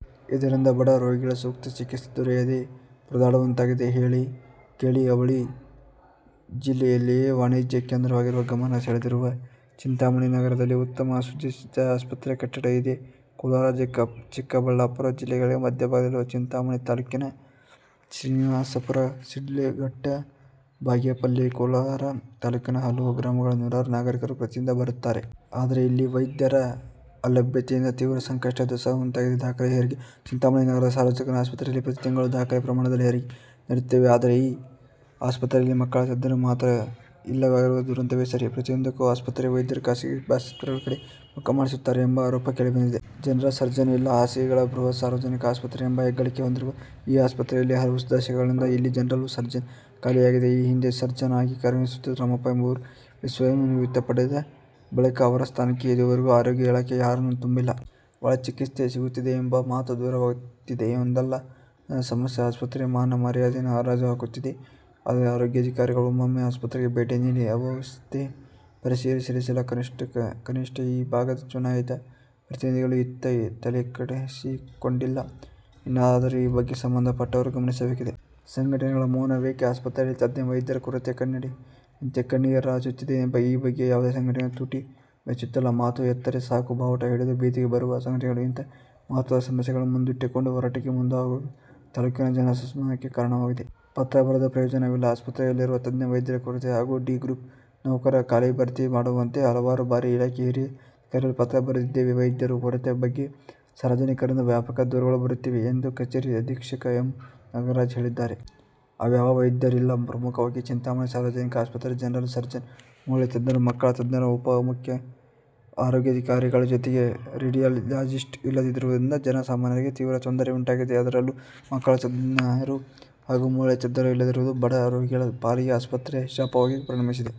ಇದರಿಂದ ಬಡ ರೋಗಿಗಳಿಗೆ ಸೂಕ್ತ ಚಿಕಿತ್ಸೆ ದೊರೆಯದೇ ಪರದಾಡುವಂತಾಗಿದೆ. ಹೇಳಿ, ಕೇಳಿ ಅವಳಿ ಜಿಲ್ಲೆಯಲ್ಲಿಯೇ ವಾಣಿಜ್ಯ ಕೇಂದ್ರವಾಗಿರುವ ಗಮನ ಸೆಳೆದಿರುವ ಚಿಂತಾಮಣಿ ನಗರದಲ್ಲಿ ಉತ್ತಮ ಸುಸಜ್ಜಿತ ಆಸ್ಪತ್ರೆ ಕಟ್ಟಡ ಇದೆ. ಕೋಲಾರ-ಚಿಕ್ಕಬಳ್ಳಾಪುರ ಜಿಲ್ಲೆಗಳಿಗೆ ಮಧ್ಯಭಾಗದಲ್ಲಿರುವ ಚಿಂತಾಮಣಿ ತಾಲೂಕಿಗೆ ಶ್ರೀನಿವಾಸಪುರ, ಶಿಡ್ಲಘಟ್ಟ, ಬಾಗೇಪಲ್ಲಿ, ಕೋಲಾರ ತಾಲೂಕಿನ ಹಲವು ಗ್ರಾಮಗಳ ನೂರಾರು ನಾಗರಿಕರು ಪ್ರತಿದಿನ ಬರುತ್ತಾರೆ. ಆದರೆ ಇಲ್ಲಿ ವೈದ್ಯರ ಅಲಭ್ಯತೆಯಿಂದ ತೀವ್ರ ಸಂಕಷ್ಟ ಎದುರಿಸುವಂತಾಗಿದೆ. ದಾಖಲೆಯ ಹೆರಿಗೆ: ಚಿಂತಾಮಣಿ ನಗರದ ಸಾರ್ವಜನಿಕ ಆಸ್ಪತ್ರೆಯಲ್ಲಿ ಪ್ರತಿ ತಿಂಗಳು ದಾಖಲೆ ಪ್ರಮಾಣದಲ್ಲಿ ಹೆರಿಗೆ ನಡೆಯುತ್ತೇವೆ. ಆದರೆ ಈ ಆಸ್ಪತ್ರೆಯಲ್ಲಿ ಮಕ್ಕಳ ತಜ್ಞರು ಮಾತ್ರ ಇಲ್ಲವಾಗಿರುವುದು ದುರಂತವೇ ಸರಿ. ಪ್ರತಿಯೊಂದಕ್ಕೂ ಆಸ್ಪತ್ರೆಯ ವೈದ್ಯರು ಖಾಸಗಿ ಆಸ್ಪತ್ರೆಗಳ ಕಡೆ ಮುಖ ಮಾಡಿಸುತ್ತಾರೆ ಎಂಬ ಆರೋಪ ಕೇಳಿಬಂದಿದೆ. ಜನರಲ್ ಸರ್ಜನ್ ಇಲ್ಲ: ಹಾಸಿಗೆಗಳ ಬೃಹತ್ ಸಾರ್ವಜನಿಕ ಆಸ್ಪತ್ರೆ ಎಂಬ ಹೆಗ್ಗಳಿಕೆ ಹೊಂದಿರುವ ಈ ಆಸ್ಪತ್ರೆಯಲ್ಲಿ ಹಲವು ದಶಕಗಳಿಂದ ಇಲ್ಲಿ ಜನರಲ್ ಸರ್ಜನ್ ಖಾಲಿಯಾಗಿದೆ. ಈ ಹಿಂದೆ ಸರ್ಜನ್ ಆಗಿ ಕಾರ್ಯನಿರ್ವಹಿಸುತ್ತಿದ್ದ ರಾಮಪ್ಪಎಂಬುವರು ಸೇವೆಯಿಂದ ಸ್ವಯಂ ನಿವೃತ್ತಿ ಪಡೆದ ಬಳಿಕ ಅವರ ಸ್ಥಾನಕ್ಕೆ ಇದುವರೆಗೂ ಆರೋಗ್ಯ ಇಲಾಖೆ ಯಾರನ್ನು ತುಂಬಿಲ್ಲ. ಒಳ್ಳೆ ಚಿಕಿತ್ಸೆ ಸಿಗುತ್ತದೆಯೆಂಬ ಮಾತು ದೂರವಾಗುತ್ತಿದೆ. ಒಂದಲ್ಲ ಒಂದು ಸಮಸ್ಯೆ ಆಸ್ಪತ್ರೆಯ ಮಾನ ಮರ್ಯಾದೆಯನ್ನು ಹರಾಜು ಹಾಕುತ್ತಿದೆ. ಆದರೂ ಆರೋಗ್ಯಾಧಿಕಾರಿಗಳು ಒಮ್ಮೆಯೂ ಆಸ್ಪತ್ರೆಗೆ ಭೇಟಿ ನೀಡಿ ಅವ್ಯವಸ್ಥೆ ಪರಿಶೀಲಿಸಿಲ್ಲ. ಕನಿಷ್ಠ ಈ ಭಾಗದ ಚುನಾಯಿತ ಜನಪ್ರತಿನಿಧಿಗಳು ಇತ್ತ ತಲೆ ಕೆಡಿಸಿಕೊಂಡಿಲ್ಲ. ಇನ್ನಾದರೂ ಈ ಬಗ್ಗೆ ಸಂಬಂಧಪಟ್ಟವರು ಗಮನಿಸಬೇಕಿದೆ. ಸಂಘಟನೆಗಳ ಮೌನವೇಕೆ?: ಆಸ್ಪತ್ರೆಯಲ್ಲಿ ತಜ್ಞ ವೈದ್ಯರ ಕೊರತೆ ಕನ್ನಡಿಯಂತೆ ಕಣ್ಣಿಗೆ ರಾಚುತ್ತಿದ್ದರೂ ಈ ಬಗ್ಗೆ ಯಾವುದೇ ಸಂಘಟನೆಗಳು ತುಟಿ ಬಿಚ್ಚುತ್ತಿಲ್ಲ. ಮಾತು ಎತ್ತರೆ ಸಾಕು ಬಾವುಟ ಹಿಡಿದು ಬೀದಿಗೆ ಬರುವ ಸಂಘಟನೆಗಳು ಇತಂಹ ಮಹತ್ವದ ಸಮಸ್ಯೆಗಳನ್ನು ಮುಂದಿಟ್ಟುಕೊಂಡು ಹೋರಾಟಕ್ಕೆ ಮುಂದಾಗದಿರುವುದು ತಾಲೂಕಿನ ಜನರ ಅಸಮಾಧಾನಕ್ಕೆ ಕಾರಣವಾಗಿದೆ. ಪತ್ರ ಬರೆದರೂ ಪ್ರಯೋಜನವಿಲ್ಲ: ಆಸ್ಪತ್ರೆಯಲ್ಲಿರುವ ತಜ್ಞ ವೈದ್ಯರ ಕೊರತೆ ಹಾಗೂ ಡಿ ಗ್ರೂಪ್ ನೌಕರರ ಖಾಲಿ ಭರ್ತಿ ಮಾಡುವಂತೆ ಹಲವಾರು ಬಾರಿ ಇಲಾಖೆಗೆ ಹಿರಿಯ ಅಧಿಕಾರಿಗಳಿಗೆ ಪತ್ರ ಬರೆದಿದ್ದೇವೆ. ವೈದ್ಯರ ಕೊರತೆ ಬಗ್ಗೆ ಸಾರ್ವಜನಿಕರಿಂದ ವ್ಯಾಪಕ ದೂರುಗಳು ಬರುತ್ತಿವೆ ಎಂದು ಕಚೇರಿ ಅಧೀಕ್ಷಕ ಎಂ. ನಾಗರಾಜ್ ಹೇಳಿದ್ದಾರೆ. ಯಾವ್ಯಾವ ವೈದ್ಯರಿಲ್ಲ? ಪ್ರಮುಖವಾಗಿ ಚಿಂತಾಮಣಿ ಸಾರ್ವಜನಿಕ ಆಸ್ಪತ್ರೆಯಲ್ಲಿ ಜನರಲ್ ಸರ್ಜನ್, ಮೂಳೆ ತಜ್ಞರು, ಮಕ್ಕಳ ತಜ್ಞರು, ಉಪ ಮುಖ್ಯ ಆರೋಗ್ಯಾಧಿಕಾರಿಗಳು ಜೊತೆಗೆ ರೆಡಿಯಾಲಾಜಿಸ್ಟ್ ಇಲ್ಲದಿರುವುದರಿಂದ ಜನ ಸಾಮಾನ್ಯರಿಗೆ ತೀವ್ರ ತೊಂದರೆ ಉಂಟಾಗಿದೆ. ಅದರಲ್ಲೂ ಮಕ್ಕಳ ತಜ್ಞರು ಹಾಗೂ ಮೂಳೆ ತಜ್ಞರು ಇಲ್ಲದಿರುವುದು ಬಡ ರೋಗಿಗಳು ಪಾಲಿಗೆ ಆಸ್ಪತ್ರೆ ಶಾಪವಾಗಿ ಪರಿಣಮಿಸಿದೆ.